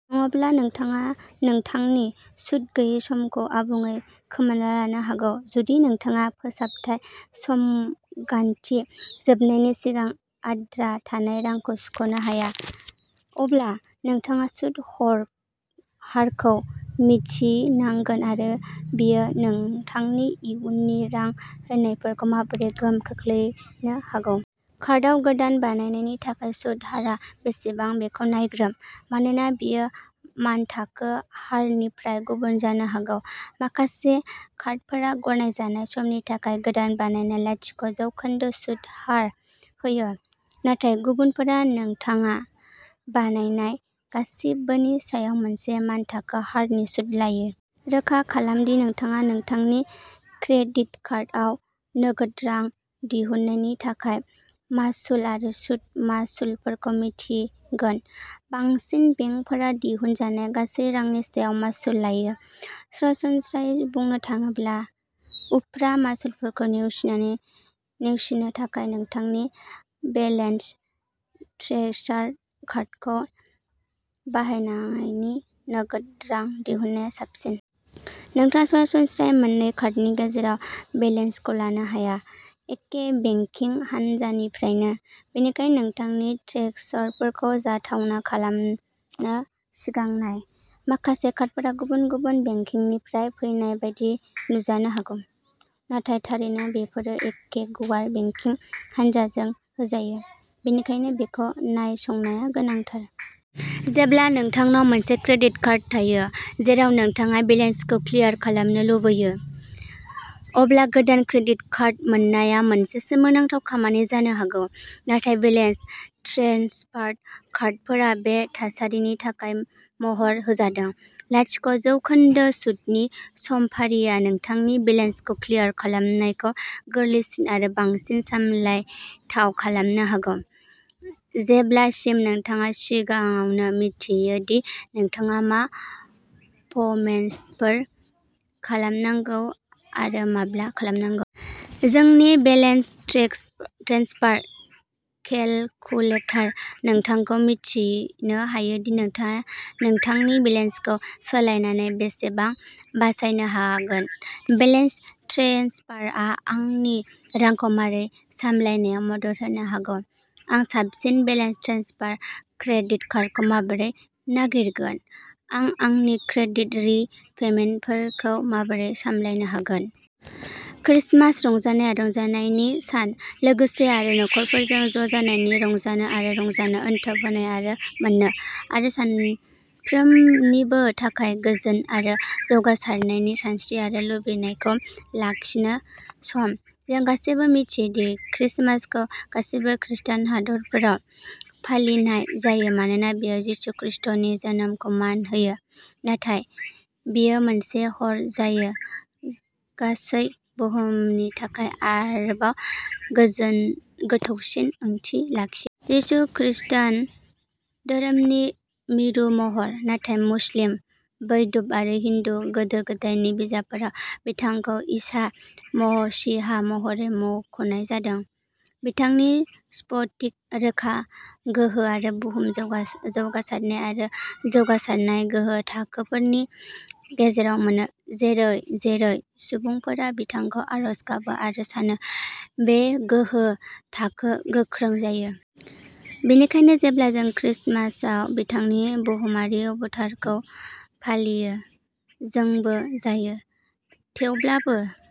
नङाब्ला नोंथाङा नोंथांनि सुद गैयै समखौ आबुङै खोमाना लानो हागौ। जुदि नोंथाङा फोसाबथाय समगान्थि जोबनायनि सिगां आद्रा थानाय रांखौ सुख'नो हाया, अब्ला नोंथाङा सुद हर हारखौ मिथिनांगोन आरो बेयो नोंथांनि इयुननि रां होनायफोरखौ माबोरै गोहोम खोख्लैनो हागौ। कार्डआव गोदान बायनायनि थाखाय सुत हारआ बेसेबां बेखौ नायग्रोम, मानोना बेयो मानथाखो हारनिफ्राय गुबुन जानो हागौ। माखासे कार्डफोरा गनायजानाय समनि थाखाय गोदान बायनायाव लाथिक' जौखोन्दो सुत हार होयो, नाथाय गुबुनफोरा नोंथाङा बानायनाय गासिबोनि सायाव मोनसे मानथाखो हारनि सुत लायो। रोखा खालाम दि नोंथाङा नोंथांनि क्रेडिट कार्डआव नोगोद रां दिहुननायनि थाखाय मासुल आरो सुद मासुलफोरखौ मिन्थिगोन। बांसिन बेंकफोरा दिहुनजानाय गासै रांनि सायाव मासुल लायो। सरासनस्रायै बुंनो थाङोब्ला, उफ्रा मासुलफोरखौ नेवसिनानै नेवसिनो थाखाय नोंथांनि बेलेन्स ट्रेन्सफार कार्डखौ बाहायनानै नोगोद रां दिहुननाया साबसिन। नोंथाङा सरासनस्रायै मोन्नै कार्डनि गेजेराव बेलेन्सखौ लांनो हाया। एखे बेंकिं हानजानिफ्रायनो, बेनिखायनो नोंथांनि ट्रेन्सफारखौ जाथावना खालामनो सिगां नाय। माखासे कार्डफोरा गुबुन-गुबुन बेंकफोरनिफ्राय फैनाय बायदि नुजानो हागौ, नाथाय थारैनो बेफोरो एखे गुवार बेंकिं हानजाजों होजायो, बेनिखायनो बेखौ नायसंनाया गोनांथार। जेब्ला नोंथांनाव मोनसे क्रेडिट कार्ड थायो, जेराव नोंथाङा बेलेन्सखौ क्लियार खालामनो लुबैयो, अब्ला गोदान क्रेडिट कार्ड मोननाया मोनसे सोमोनांथाव खामानि जानो हागौ। नाथाय बेलेन्स ट्रेन्सफार कार्डफोरा बे थासारिनि थाखाय महर होजादों। लाथिक' जौखोन्दो सुतनि समफारिआ नोंथांनि बेलेन्सखौ क्लियार खालामनायखौ गोरलैसिन आरो बांसिन सामलायथाव खालामनो हागौ, जेब्लासिम नोंथाङा सिगाङावनो मिन्थियो दि नोंथाङा मा पेमेन्टफोर खालामनांगौ आरो माब्ला खालामनांगौ। जोंनि बेलेन्स ट्रेन्सफार केलकुलेटर नोंथांखौ मिथिनो होयो दि नोंथाङा नोंथांनि बेलेन्सखौ सोलायनानै बेसेबां बासायनो हागोन। बेलेन्स ट्रेन्सफारआ आंनि रांखौ माबोरै सामलायनायाव मदद होनो हागौ? आं साबसिन बेलेन्स ट्रेन्सफार क्रेडिट कार्डखौ माबोरै नागिरगोन? आं आंनि क्रेडिट रि-पेमेन्टफोरखौ माबोरै सामलायनो हागोन? क्रिसमास रंजानाय आरो रंजानायनि सान। लोगोफोर आरो नखरफोरजों ज'जानायनि रंजानो आरो रंजानो, अनथोब होनो आरो मोन्नो, आरो साफ्रोमनिबो थाखाय गोजोन आरो जौगासारनायनि सानस्रि आरो लुबैनायखौ लाखिनो सम। जों गासैबो मिथियो दि क्रिसमासखौ गासैबो खृस्टान हादोरफोराव फालिनाय जायो मानोना बेयो जिसु खृस्टनि जोनोमखौ मान होयो, नाथाय बेयो मोनसे हर जाय गासै बुहुमनि थाखाय आरोबाव गोजोन गोथौसिन ओंथि लाखियो। जिसु खृस्टान धोरोमनि मिरु महर, नाथाय मुस्लिम, बौद्ध आरो हिन्दु गोदो गोदायनि बिजाबफोराव बिथांखौ इसा मसीहा महरै मुंख'नाय जादों। बिथांनि स्फटिक रोखा गोहो आ बुहुमाव गोसारनाय आरो जौगासारनाय गोहो थाखोफोरनि गेजेराव मोनसे। जेरै-जेरै सुबुंफोरा बिथांखौ आरज गाबो आरो सानो, बे गोहो थाखोआ गोख्रों जायो। बेनिखायनो जेब्ला जों क्रिसमासआव बिथांनि बुहुमारि अबतारखौ फालियो, जोंबो जायो, थेवब्लाबो।